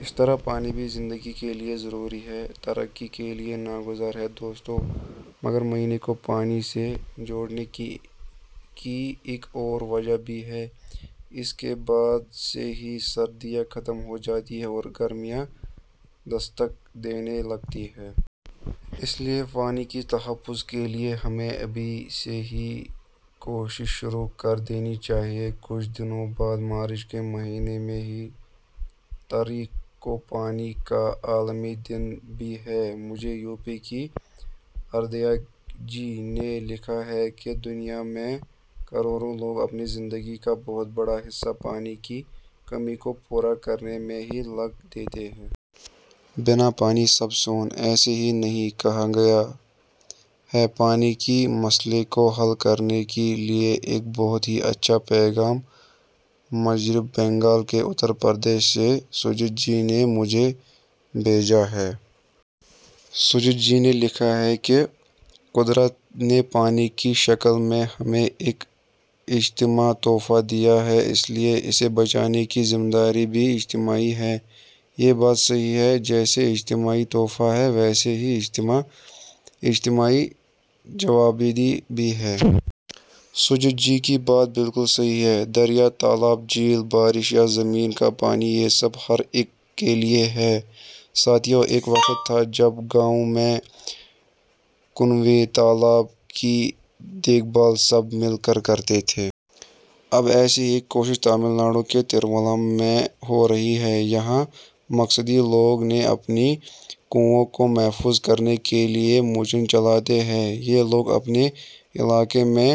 اسی طرح پانی بھی زندگی کے لئے ضروری ہے ، ترقی کے لئے نا گزیر ہے۔ دوستو ، ماگھ مہینے کو پانی سے جوڑنے کی ایک اور وجہ بھی ہے۔ اس کے بعد سے ہی سردیاں ختم ہو جاتی ہیں اور گرمیاں دستک دینے لگتی ہیں۔ اس لئے پانی کے تحفظ کے لئے ہمیں ابھی سے ہی کوششیں شروع کر دینی چاہئیں۔ کچھ دنوں بعد مارچ کے مہینے میں ہی تاریخ کو پانی کا عالمی دن بھی ہے۔ مجھے یو پی کی آرادھیا جی نے لکھا ہے کہ دنیا میں کروڑوں لوگ اپنی زندگی کا بہت بڑا حصہ پانی کی کمی کو پورا کرنے میں ہی لگا دیتے ہیں۔ 'بن پانی سب سون ' ایسے ہی نہیں کہا گیا ہے۔ پانی کے مسئلے کو حل کرنے کے لئے ایک بہت ہی اچھا پیغام مغربی بنگال کے شمالی دیناج پور سے سجیت جی نے مجھے بھیجا ہے۔ سجیت جی نے لکھا ہے کہ قدرت نے پانی کی شکل میں ہمیں ایک اجتماعی تحفہ دیا ہے۔ اس لئے اِسے بچانے کی ذمہ داری بھی اجتماعی ہے۔ یہ بات صحیح ہے ، جیسا اجتماعی تحفہ ہے ، ویسے ہی اجتماعی جوابدہی بھی ہے۔ سجیت جی کی بات بالکل صحیح ہے۔ دریا ، تالاب ، جھیل ، بارش یا زمین کا پانی یہ سب ہر ایک کے لئے ہیں۔ ساتھیو ، ایک وقت تھا ، جب گاؤں میں کنویں ، تالاب ، اِن کی دیکھ بھال سب مل کر کرتے تھے۔ اب ایسی ہی ایک کوشش تمل ناڈو کے ترووناّ ملائی میں ہو رہی ہے۔ یہاں مقامی لوگوں نے اپنے کنووں کو محفوظ کرنے کے لئے مہم چلائی ہے۔ یہ لوگ اپنے علاقے میں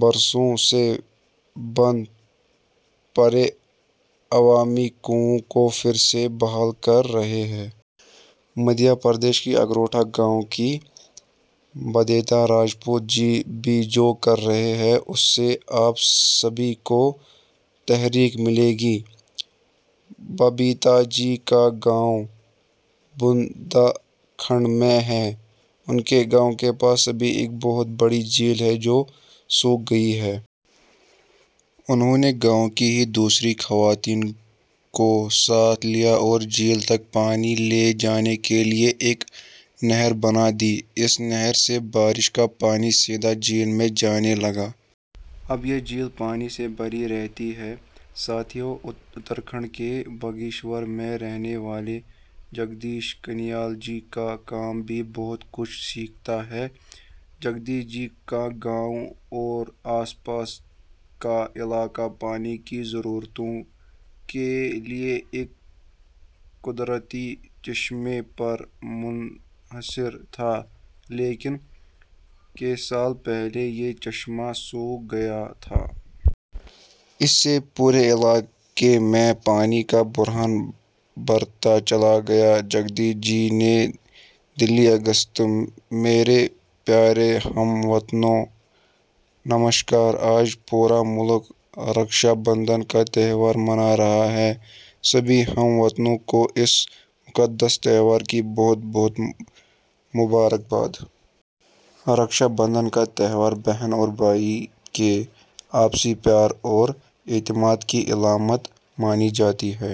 برسوں سے بند پڑے عوامی کنووں کو پھر سے بحال کر رہے ہیں۔ مدھیہ پردیش کے اگروتھا گاؤں کی ببیتا راجپوت جی بھی ، جو کر رہی ہیں ، اُس سے آپ سبھی کو تحریک ملے گی۔ ببیتا جی کا گاؤں بندیل کھنڈ میں ہے۔ اُن کے گاؤں کے پاس کبھی ایک بہت بڑی جھیل تھی ، جو سوکھ گئی تھی۔ انہوں نے گاؤں کی ہی دوسری خواتین کو ساتھ لیا اور جھیل تک پانی لے جانے کے لئے ایک نہر بنا دی۔ اس نہر سے بارش کا پانی سیدھے جھیل میں جانے لگا۔ اب یہ جھیل پانی سے بھری رہتی ہے۔ ساتھیو ، اترا کھنڈ کے باگیشور میں رہنے والے جگدیش کنیال جی کا کام بھی بہت کچھ سکھاتا ہے۔ جگدیش جی کا گاؤں اور آس پاس کا علاقہ پانی کی ضرورتوں کے لئے ایک قدرتی چشمہ پر منحصر تھا لیکن کئی سال پہلے یہ چشمہ سوکھ گیا۔ اس سے پورے علاقے میں پانی کا بحران بڑھتا چلا گیا۔ جگدیش جی. نئی دہلی۔ اگست میرے پیارے ہم وطنوں! نمسکار۔ آج پورا ملک رکشا بندھن کا تہوار منا رہا ہے۔ سبھی ہم وطنوں کو اس مقدس تہوار کی بہت بہت مبارکباد۔ رکشا بندھن کا تہوار بہن اور بھائی کے آپسی پیار اور اعتماد کی علامت مانی جاتی ہے۔